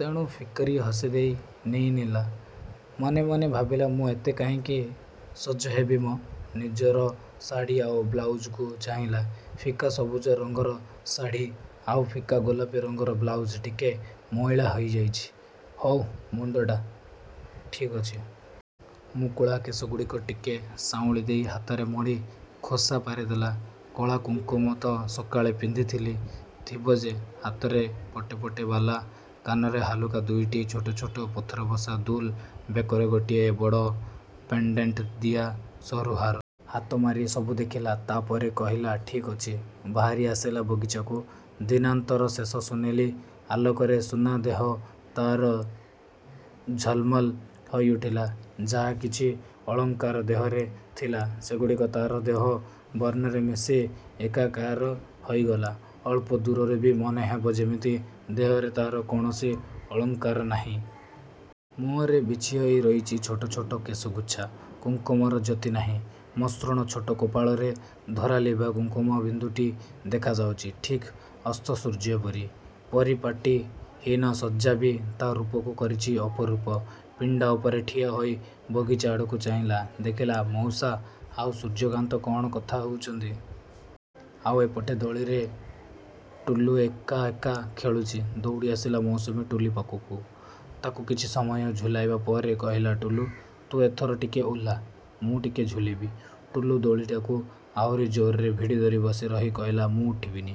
ତେଣୁ ଫିକ୍କରି ହସିଦେଇ ନେଇନେଲା। ମନେ ମନେ ଭାବିଲା ମୁଁ ଏତେ କାହିଁକି ସଜହେବି ମ! ନିଜର ଶାଢ଼ି ଆଉ ବ୍ଳାଉଜକୁ ଚାହିଁଲା। ଫିକା ସବୁଜ ରଙ୍ଗର ଶାଢ଼ି ଆଉ ଫିକା ଗୋଲାପୀ ରଙ୍ଗର ବ୍ଳାଉଜ୍। ଟିକେ ମଇଳା ହୋଇଯାଇଛି। ହଉ ମୁଣ୍ଡଟା? ଠିକ୍ ଅଛି। ମୁକୁଳା କେଶଗୁଡ଼ିକ ଟିକେ ସାଉଁଳି ଦେଇ ହାତରେ ମୋଡ଼ି ଖୋସା ପାରିଦେଲା। କଳା, କୁଙ୍କୁମ ତ ସକାଳେ ପିନ୍ଧିଥିଲି, ଥିବ ଯେ, ହାତରେ ପଟେ ପଟେ ବାଲା, କାନରେ ହାଲୁକା ଦୁଇଟି ଛୋଟ ଛୋଟ ପଥରବସା ଦୁଲ୍। ବେକରେ ଗୋଟିଏ ବଡ଼ ପେଣ୍ଡେଣ୍ଟ୍ ଦିଆ ସରୁ ହାର। ହାତ ମାରି ସବୁ ଦେଖିଲା। ତା'ପରେ କହିଲା ଠିକ୍ ଅଛି ବାହାରିଆସିଲା ବଗିଚାକୁ। ଦିନାନ୍ତର ଶେଷ ସୁନେଲି ଆଲୋକରେ ସୁନାଦେହ ତା'ର ଝଲ୍ମଲ୍ ହୋଇଉଠିଲା। ଯାହା କିଛି ଅଳଙ୍କାର ଦେହରେ ଥିଲା ସେଗୁଡ଼ିକ ତା'ର ଦେହ ବର୍ଣ୍ଣରେ ମିଶି ଏକାକାର ହୋଇଗଲା। ଅଳ୍ପ ଦୂରରୁ ବି ମନେହେବ ଯେମିତି ଦେହରେ ତା'ର କୌଣସି ଅଳଙ୍କାର ନାହିଁ। ମୁହଁରେ ବିଛିହୋଇ ରହିଚି ଛୋଟ ଛୋଟ କେଶଗୁଚ୍ଛ। କୁଙ୍କୁମର ଜ୍ୟୋତି ନାହିଁ। ମସୃଣ ଛୋଟ କପାଳରେ ଧରାଲିଭା କୁଙ୍କୁମ ବିନ୍ଦୁଟି ଦେଖାଯାଉଚି ଠିକ୍ ଅସ୍ତସୂର୍ଯ୍ୟପରି। ପରିପାଟୀ ହୀନ ସଜ୍ଜା ବି ତା' ରୂପକୁ କରିଚି ଅପରୂପ। ପିଣ୍ଡା ଉପରେ ଠିଆହୋଇ ବଗିଚାଆଡ଼କୁ ଚାହିଁଲା, ଦେଖିଲା ମଉସା ଆଉ ସୂର୍ଯ୍ୟକାନ୍ତ କ'ଣ କଥା ହେଉଚନ୍ତି। ଆଉ ଏପଟେ ଦୋଳିରେ ଟୁଲୁ ଏକା ଏକା ଖେଳୁଚି। ଦୌଡ଼ିଆସିଲା ମୌସୁମୀ ଟୁଲି ପାଖକୁ। ତାକୁ କିଛି ସମୟ ଝୁଲାଇବା ପରେ କହିଲା ଟୁଲୁ, ତୁ ଏଥର ଟିକେ ଓହ୍ଳା, ମୁଁ ଟିକେ ଝୁଲିବି। ଟୁଲୁ ଦୋଳିଟାକୁ ଆହୁରି ଜୋରରେ ଭିଡ଼ି ଧରି ବସି ରହି କହିଲା ମୁଁ ଉଠିବିନି।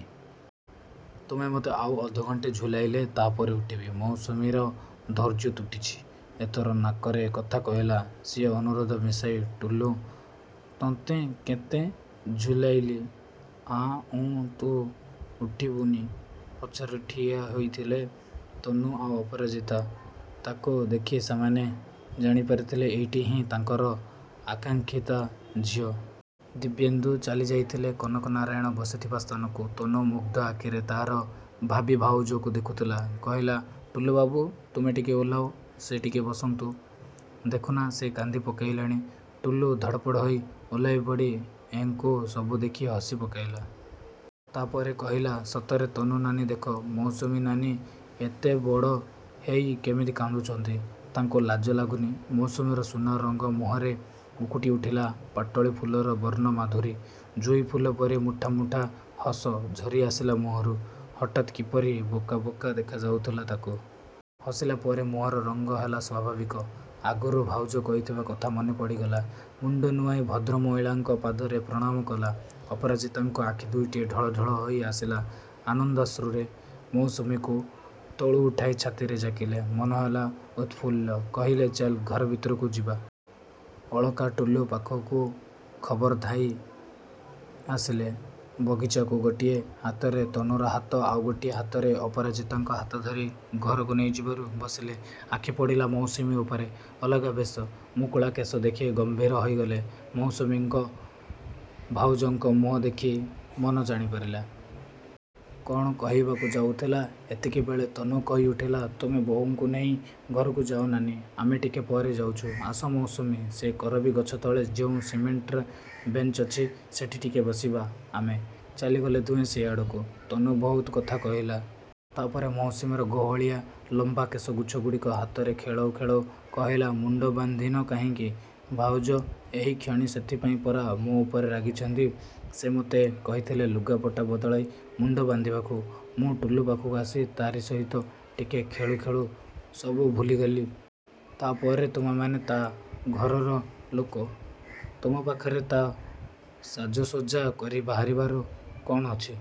ତୁମେ ମୋତେ ଆଉ ଅଧଘଣ୍ଟେ ଝୁଲାଇଲେ, ତାପରେ ଉଠିବି। ମୌସୁମୀର ଧୈର୍ଯ୍ୟ ତୁଟିଛି। ଏଥର ନାକରେ କଥା କହିଲା ସିଏ ଅନୁରୋଧ ମିଶାଇ ଟୁଲୁଁ, ତତେଁ କେଁତେ ଝୁଲାଇଲି, ଆଁ ଉଁ ତୁଁ ଉଠିବୁଁନି। ପଛରେ ଠିଆ ହୋଇଥିଲେ ତନୁ ଆଉ ଅପରାଜିତା। ତାକୁ ଦେଖି ସେମାନେ ଜାଣିପାରିଥିଲେ ଏଇଟିହିଁ ତାଙ୍କର ଆକାଙ୍କ୍ଷିତା ଝିଅ। ଦିବ୍ୟେନ୍ଦୁ ଚାଲିଯାଇଥିଲେ କନକ ନାରାୟଣ ବସିଥିବା ସ୍ଥାନକୁ। ତନୁ ମୁଗ୍ଧ ଆଖିରେ ତା'ର ଭାବି ଭାଉଜକୁ ଦେଖୁଥିଲା। କହିଲା, ଟୁଲୁବାବୁ ତୁମେ ଟିକେ ଓହ୍ଳାଅ। ସେ ଟିକେ ବସନ୍ତୁ। ଦେଖୁନା, ସେ କାନ୍ଦି ପକାଇଲେଣି। ଟୁଲୁ ଧଡ଼ପଡ଼ ହୋଇ ଓହ୍ଳାଇପଡ଼ି ଏଙ୍କୁ ସବୁ ଦେଖି ହସି ପକାଇଲା। ତାପରେ କହିଲା ସତରେ ତନୁ ନାନୀ ଦେଖ, ମୌସୁମୀ ନାନୀ ଏଡ଼େବଡ଼ ହୋଇ କେମିତି କାନ୍ଦୁଛନ୍ତି। ତାଙ୍କୁ ଲାଜ ଲାଗୁନି। ମୌସୁମୀର ସୁନା ରଙ୍ଗ ମୁହଁରେ ଉକୁଟି ଉଠିଲା ପାଟଳି ଫୁଲର ବର୍ଣ୍ଣମାଧୁରୀ। ଜୁଇ ଫୁଲ ପରି ମୁଠା ମୁଠା ହସ ଝରିଆସିଲା ମୁହଁରୁ। ହଠାତ୍ କିପରି ବୋକା ବୋକା ଦେଖାଯାଉଥିଲା ତାକୁ। ହସିଲା ପରେ ମୁହଁର ରଙ୍ଗ ହେଲା ସ୍ୱାଭାବିକ। ଆଗରୁ ଭାଉଜ କହିଥିବା କଥା ମନେପଡ଼ିଗଲା। ମୁଣ୍ଡ ନୁଆଇଁ ଭଦ୍ରମହିଳାଙ୍କ ପାଦରେ ପ୍ରଣାମ କଲା। ଅପରାଜିତାଙ୍କ ଆଖିଦୁଇଟି ଢଳ ଢଳ ହୋଇଆସିଲା ଆନନ୍ଦାଶ୍ରୁରେ। ମୌସୁମୀକୁ ତଳୁ ଉଠାଇ ଛାତିରେ ଜାକିଲେ। ମନହେଲା ଉତ୍ଫୁଲ୍ଲ। କହିଲେ ଚାଲ୍ ଘର ଭିତରକୁ ଯିବା। ଅଳକା ଟୁଲୁ ପାଖକୁ ଖବର ପାଇ ଧାଇଁଆସିଲେ ବଗିଚାକୁ। ଗୋଟିଏ ହାତରେ ତନୁର ହାତ ଆଉ ଗୋଟିଏ ହାତରେ ଅପରାଜିତାଙ୍କ ହାତ ଧରି ଘରକୁ ନେଇଯିବାରୁ ବସିଲେ। ଆଖିପଡ଼ିଲା ମୌସୁମୀ ଉପରେ। ଅଲଗା ବେଶ, ମୁକୁଳା କେଶ ଦେଖି ଗମ୍ଭୀର ହୋଇଗଲେ। ମୌସୁମୀଙ୍କ ଭାଉଜଙ୍କ ମୁହଁ ଦେଖି ମନ ଜାଣିପାରିଲା। କ'ଣ କହିବାକୁ ଯାଉଥିଲା। ଏତିକିବେଳେ ତନୁ କହିଉଠିଲା ତୁମେ ବୋଉଙ୍କୁ ନେଇ ଘରକୁ ଯାଅ ନାନୀ, ଆମେ ଟିକେ ପରେ ଯାଉଛୁ। ଆସ ମୌସୁମୀ, ସେ କରବୀ ଗଛ ତଳେ ଯେଉଁ ସିମେଣ୍ଟ ବେଞ୍ଚ ଅଛି, ସେଠି ଟିକେ ବସିବା ଆମେ। ଚାଲିଗଲେ ଦୁହେଁ ସେଆଡ଼କୁ। ତନୁ ବୋହୁତ କଥା କହିଲା। ତାପରେ ମୌସୁମୀର ଗହଳିଆ ଲମ୍ବା କେଶଗୁଚ୍ଛଗୁଡ଼ିକ ହାତରେ ଖେଳାଉ ଖେଳାଉ କହିଲା ମୁଣ୍ଡ ବାନ୍ଧିନ କାହିଁକି? ଭାଉଜ ଏହିକ୍ଷଣି ସେଥିପାଇଁ ପରା ମୋ ଉପରେ ରାଗିଛନ୍ତି। ସେ ମୋତେ କହିଥିଲେ ଲୁଗାପଟା ବଦଳାଇ ମୁଣ୍ଡ ବାନ୍ଧିବାକୁ। ମୁଁ ଟୁଲୁ ପାଖକୁ ଆସି ତାରି ସହିତ ଟିକେ ଖେଳୁ ଖେଳୁ ସବୁ ଭୁଲିଗଲି। ତାପରେ, ତୁମେମାନେ ତା। ଘରର ଲୋକ। ତୁମ ପାଖରେ ତା ସାଜସଜ୍ଜା କରି ବାହାରିବାର କ'ଣ ଅଛି।